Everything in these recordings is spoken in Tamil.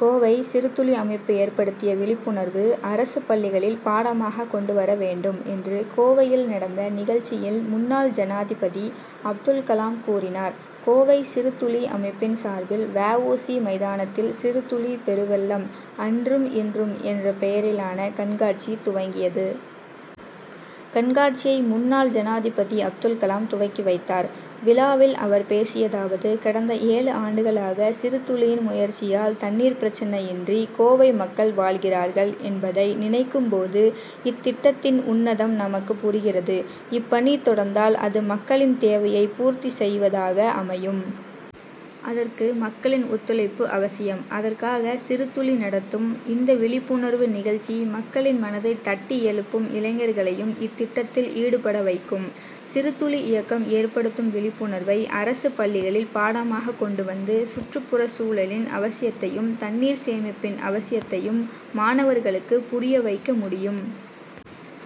கோவை சிறுதுளி அமைப்பு ஏற்படுத்திய விழிப்புணர்வு, அரசு பள்ளிகளில் பாடமாக கொண்டு வரவேண்டும் என்று கோவையில் நடந்த நிகழ்ச்சியில் முன்னாள் ஜனாதிபதி அப்துல் கலாம் கூறினார். கோவை சிறுதுளி அமைப்பின் சார்பில், வ. உ. சி. மைதானத்தில் சிறுதுளி பெருவெள்ளம் அன்றும் இன்றும்' என்ற பெயரிலான கண்காட்சி துவங்கியது. கண்காட்சியை முன்னாள் ஜனாதிபதி அப்துல் கலாம் துவக்கி வைத்தார். விழாவில் அவர் பேசியதாவது கடந்த ஏழு ஆண்டுகளாக சிறுதுளியின் முயற்சியால் தண்ணீர் பிரச்னையின்றி கோவை மக்கள் வாழ்கிறார்கள் என்பதை நினைக்கும் போது இத்திட்டத்தின் உன்னதம் நமக்கு புரிகிறது. இப்பணி தொடர்ந்தால் அது மக்களின் தேவையைப் பூர்த்தி செய்வதாக அமையும். அதற்கு மக்களின் ஒத்துழைப்பு அவசியம். அதற்காக சிறுதுளி நடத்தும் இந்த விழிப்புணர்வு நிகழ்ச்சி மக்களின் மனதை தட்டி எழுப்பும் இளைஞர்களையும் இத்திட்டத்தில் ஈடுபடவைக்கும். சிறுதுளி இயக்கம் ஏற்படுத்தும் விழிப்புணர்வை, அரசு பள்ளிகளில் பாடமாக கொண்டுவந்து, சுற்றுப்புறச் சூழலின் அவசியத்தையும், தண்ணீர் சேமிப்பின் அவசியத்தையும் மாணவர்களுக்கு புரிய வைக்க முடியும்.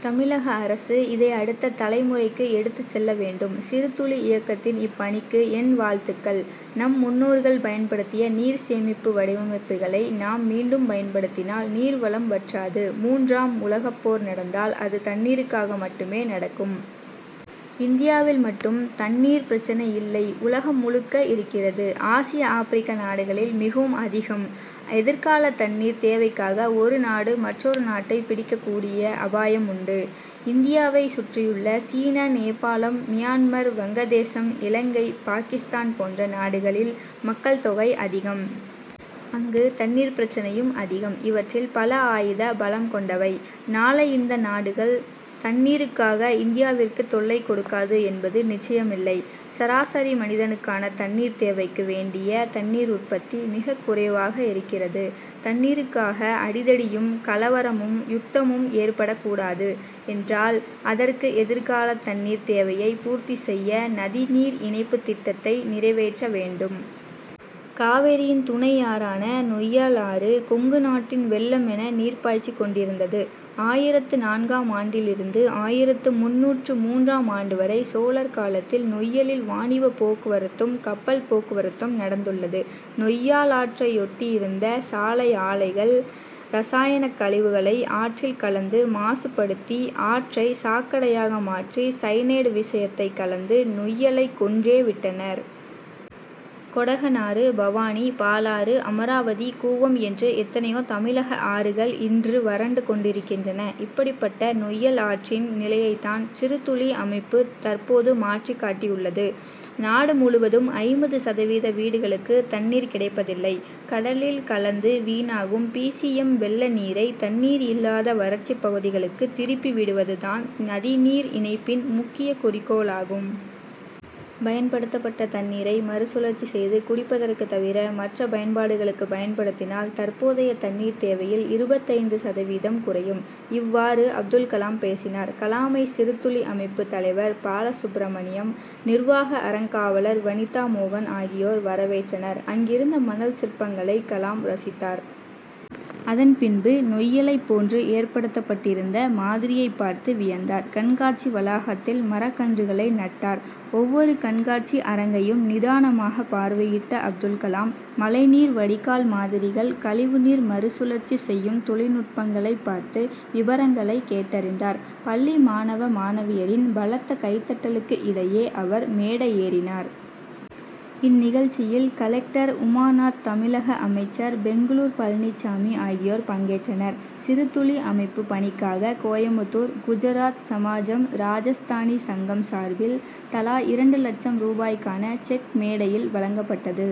தமிழக அரசு இதை அடுத்த தலை முறைக்கு எடுத்துச் செல்ல வேண்டும். சிறுதுளி இயக்கத்தின் இப்பணிக்கு என் வாழ்த்துக்கள். நம் முன்னோர்கள் பயன்படுத்திய நீர் சேமிப்பு வடிவமைப்புகளை நாம் மீண்டும் பயன்படுத்தினால் நீர் வளம் வற்றாது. மூன்றாம் உலகப்போர் நடந்தால், அது தண்ணீருக்காக மட்டுமே நடக்கும். இந்தியாவில் மட்டும் தண்ணீர் பிரச்னை இல்லை உலகம் முழுக்க இருக்கிறது. ஆசிய, ஆப்ரிக்க நாடுகளில் மிகவும் அதிகம். எதிர்கால தண்ணீர் தேவைக்காக ஒரு நாடு, மற்றொரு நாட்டை பிடிக்கக்கூடிய அபாயம் உண்டு. இந்தியாவை சுற்றியுள்ள, சீனா, நேபாளம், மியான்மர், வங்கதேசம், இலங்கை, பாகிஸ்தான் போன்ற நாடுகளில் மக்கள் தொகை அதிகம். அங்கு தண்ணீர் பிரச்னையும் அதிகம். இவற்றில் பல ஆயுத பலம் கொண்டவை. நாளை இந்த நாடுகள், தண்ணீருக்காக இந்தியாவிற்கு தொல்லை கொடுக்காது என்பது நிச்சயம் இல்லை. சராசரி மனிதனுக்கான தண்ணீர் தேவைக்கு வேண்டிய தண்ணீர் உற்பத்தி மிகக்குறைவாக இருக்கிறது. தண்ணீருக்காக அடிதடியும், கலவரமும் யுத்தமும் ஏற்படக்கூடாது என்றால் அதற்கு எதிர்காலத்தண்ணீர் தேவையை பூர்த்தி செய்ய நதிநீர் இணைப்புத் திட்டத்தை நிறைவேற்ற வேண்டும். காவிரியின் துணை ஆறான நொய்யல் ஆறு, கொங்கு நாட்டில் வெள்ளமென நீர் பாய்ச்சிக் கொண்டிருந்தது. ஆயிரத்து நான்காம் ஆண்டிலிருந்து, ஆயிரத்து முந்நூற்று மூன்றாம் ஆண்டுவரை சோழர் காலத்தில் நொய்யலில் வாணிப போக்குவரத்தும், கப்பல் போக்குவரத்தும் நடந்துள்ளது. நொய்யலாற்றையொட்டியிருந்த சாய ஆலைகள், ரசாயனக் கழிவுகளை ஆற்றில் கலந்து, மாசு படுத்தி ஆற்றை சாக்கடையாக மாற்றி, சயனைடு விஷத்தையும் கலந்து நொய்யலைக் கொன்றே விட்டனர். கொடகனாறு, பவானி, பாலாறு, அமராவதி, கூவம் என்று எத்தனையோ தமிழக ஆறுகள் இன்று வறண்டு கொண்டிருக்கின்றன. இப்படிப்பட்ட நொய்யல் ஆற்றின் நிலையைத்தான் சிறுதுளி அமைப்பு தற்போது மாற்றிக்காட்டியுள்ளது. நாடுமுழுவதும் ஐம்பது சதவீத வீடுகளுக்கு தண்ணீர் கிடைப்பதில்லை. கடலில் கலந்து வீணாகும் பி. சி. எம்., வெள்ள நீரை, தண்ணீர் இல்லாத வறட்சிப் பகுதிகளுக்கு திருப்பி விடுவது தான் நதிநீர் இணைப்பின் முக்கிய குறிக்கோளாகும். பயன்படுத்தப்பட்ட தண்ணீரை மறுசுழற்சி செய்து குடிப்பதற்கு தவிர மற்ற பயன்பாடுகளுக்கு பயன்படுத்தினால், தற்போதைய தண்ணீர் தேவையில் இருபத்தைந்து சதவீதம் குறையும். இவ்வாறு அப்துல் கலாம் பேசினார். கலாமை சிறுதுளி அமைப்பு தலைவர் பாலசுப்ரமணியம், நிர்வாக அறங்காவலர் வனிதா மோகன் ஆகியோர் வரவேற்றனர். அங்கிருந்த மணல் சிற்பங்களை கலாம் ரசித்தார். அதன் பின்பு நொய்யலைப் போன்று ஏற்படுத்தப்பட்டிருந்த மாதிரியைப் பார்த்து வியந்தார். கண்காட்சி வளாகத்தில் மரக்கன்றுகளை நட்டார். ஒவ்வொரு கண்காட்சி அரங்கையும் நிதானமாகப் பார்வையிட்ட அப்துல் கலாம், மழைநீர் வடிகால் மாதிரிகள், கழிவுநீர் மறுசுழற்சி செய்யும் தொழில்நுட்பங்களைப் பார்த்து, விபரங்கள் கேட்டறிந்தார். பள்ளி மாணவ மாணவியரின் பலத்த கைதட்டலுக்கு இடையே அவர் மேடையேறினார். இந்நிகழ்ச்சியில் கலெக்டர் உமாநாத், தமிழக அமைச்சர் பொங்கலூர் பழனிச்சாமி ஆகியோர் பங்கேற்றனர். சிறுதுளி அமைப்பு பணிக்காக கோயமுத்தூர் குஜராத் சமாஜம், ராஜஸ்தானி சங்கம் சார்பில் தலா இரண்டு லட்ச ரூபாய்க்கான செக் மேடையில் வழங்கப்பட்டது.